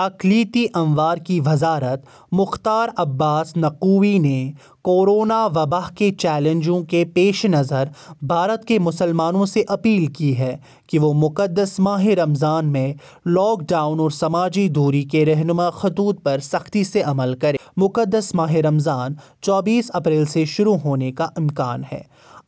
اقلیتی امور کی وزارت مختار عباس نقوی نے کورونا وبا کے چیلنجوں کے پیشِ نظر بھارت کے مسلمانوں سے اپیل کی ہے کہ وہ مقدس ماہِ رمضان میں لاک ڈاؤن اور سماجی دوری کے رہنما خطوط پر سختی سے عمل کریں۔ مقدس ماہِ رمضان چوبیس اپریل سے شروع ہونے کا امکان ہے۔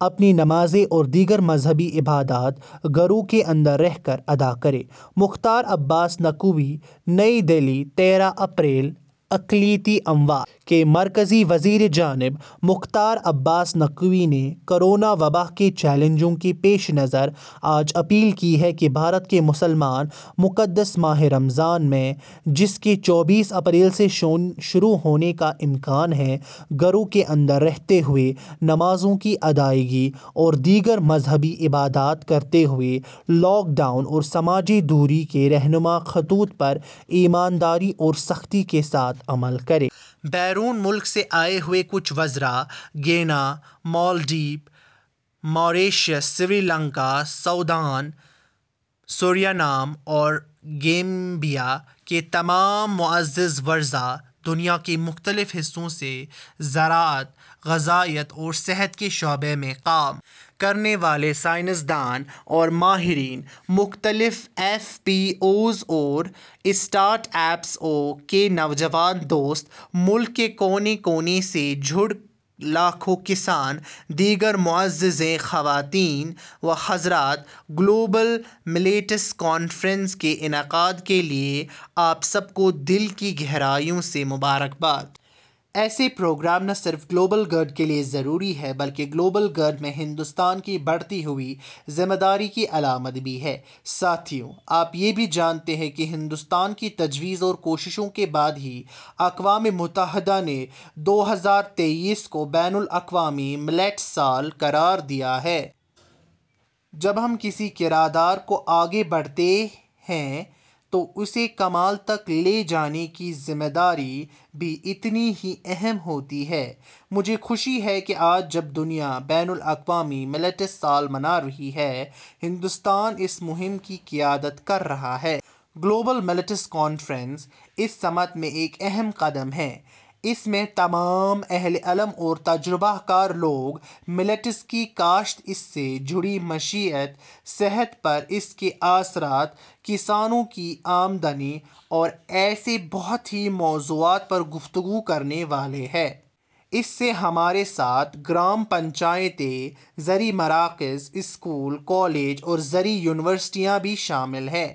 اپنی نمازیں اور دیگر مذہبی عبادات گھروں کے اندر رہ کر ادا کریں: مختار عباس نقوی نئی دہلی، تیرہ اپریل: اقلیتی امور کے مرکزی وزیر جناب مختار عباس نقوی نے کورونا وبا کے چیلنجوں کے پیشِ نظر آج اپیل کی ہے کہ بھارت کے مسلمان مقدس ماہِ رمضان میں، جس کے چوبیس اپریل سے شروع ہونے کا امکان ہے، گھروں کے اندر رہتے ہوئے نمازوں کی ادائیگی اور دیگر مذہبی عبادات کرتے ہوئے لاک ڈاؤن اور سماجی دوری کے رہنما خطوط پر ایمانداری اور سختی کے ساتھ عمل کریں۔ بیرونِ ملک سے آئے ہوئے کچھ وزراء، Guyana, Maldives, Mauritius, Sri Lanka, Sudan, Suriname اور گیمبیا کے تمام معزز وزراء، دنیا کے مختلف حصوں سے زراعت، غذائیت اور صحت کے شعبے میں کام کرنے والے سائنس دان اور ماہرین، مختلف ایف پی اوز اور اسٹارٹ اپس کے نوجوان دوست، ملک کے کونے کونے سے جڑے لاکھوں کسان، دیگر معززین، خواتین و حضرات، 'گلوبل ملیٹس کانفرنس' کے انعقاد کے لیے آپ سب کو دل کی گہرائیوں سے مبارکباد۔ ایسے پروگرام نہ صرف گلوبل گڈ کے لیے ضروری ہیں بلکہ گلوبل گڈ میں ہندوستان کی بڑھتی ہوئی ذمہ داری کی علامت بھی ہیں۔ ساتھیو، آپ یہ بھی جانتے ہیں کہ ہندوستان کی تجویز اور کوششوں کے بعد ہی اقوام متحدہ نے دو ہزار تئیس کو 'بین الاقوامی ملیٹس سال' قرار دیا ہے۔ جب ہم کسی قرارداد کو آگے بڑھاتے ہیں تو اسے کمال تک لے جانے کی ذمہ داری بھی اتنی ہی اہم ہوتی ہے۔ مجھے خوشی ہے کہ آج جب دنیا 'بین الاقوامی ملیٹس سال' منا رہی ہے، ہندوستان اس مہم کی قیادت کر رہا ہے۔ 'گلوبل ملیٹس کانفرنس' اس سمت میں ایک اہم قدم ہے۔ اس میں تمام اہلِ علم اور تجربہ کار لوگ ملیٹس کی کاشت، اس سے جڑی معیشت، صحت پر اس کے اثرات، کسانوں کی آمدنی اور ایسے بہت سے موضوعات پر گفتگو کرنے والے ہیں۔ اس میں ہمارے ساتھ گرام پنچایتیں، زرعی مراکز، اسکول، کالج اور زرعی یونیورسٹیاں بھی شامل ہیں۔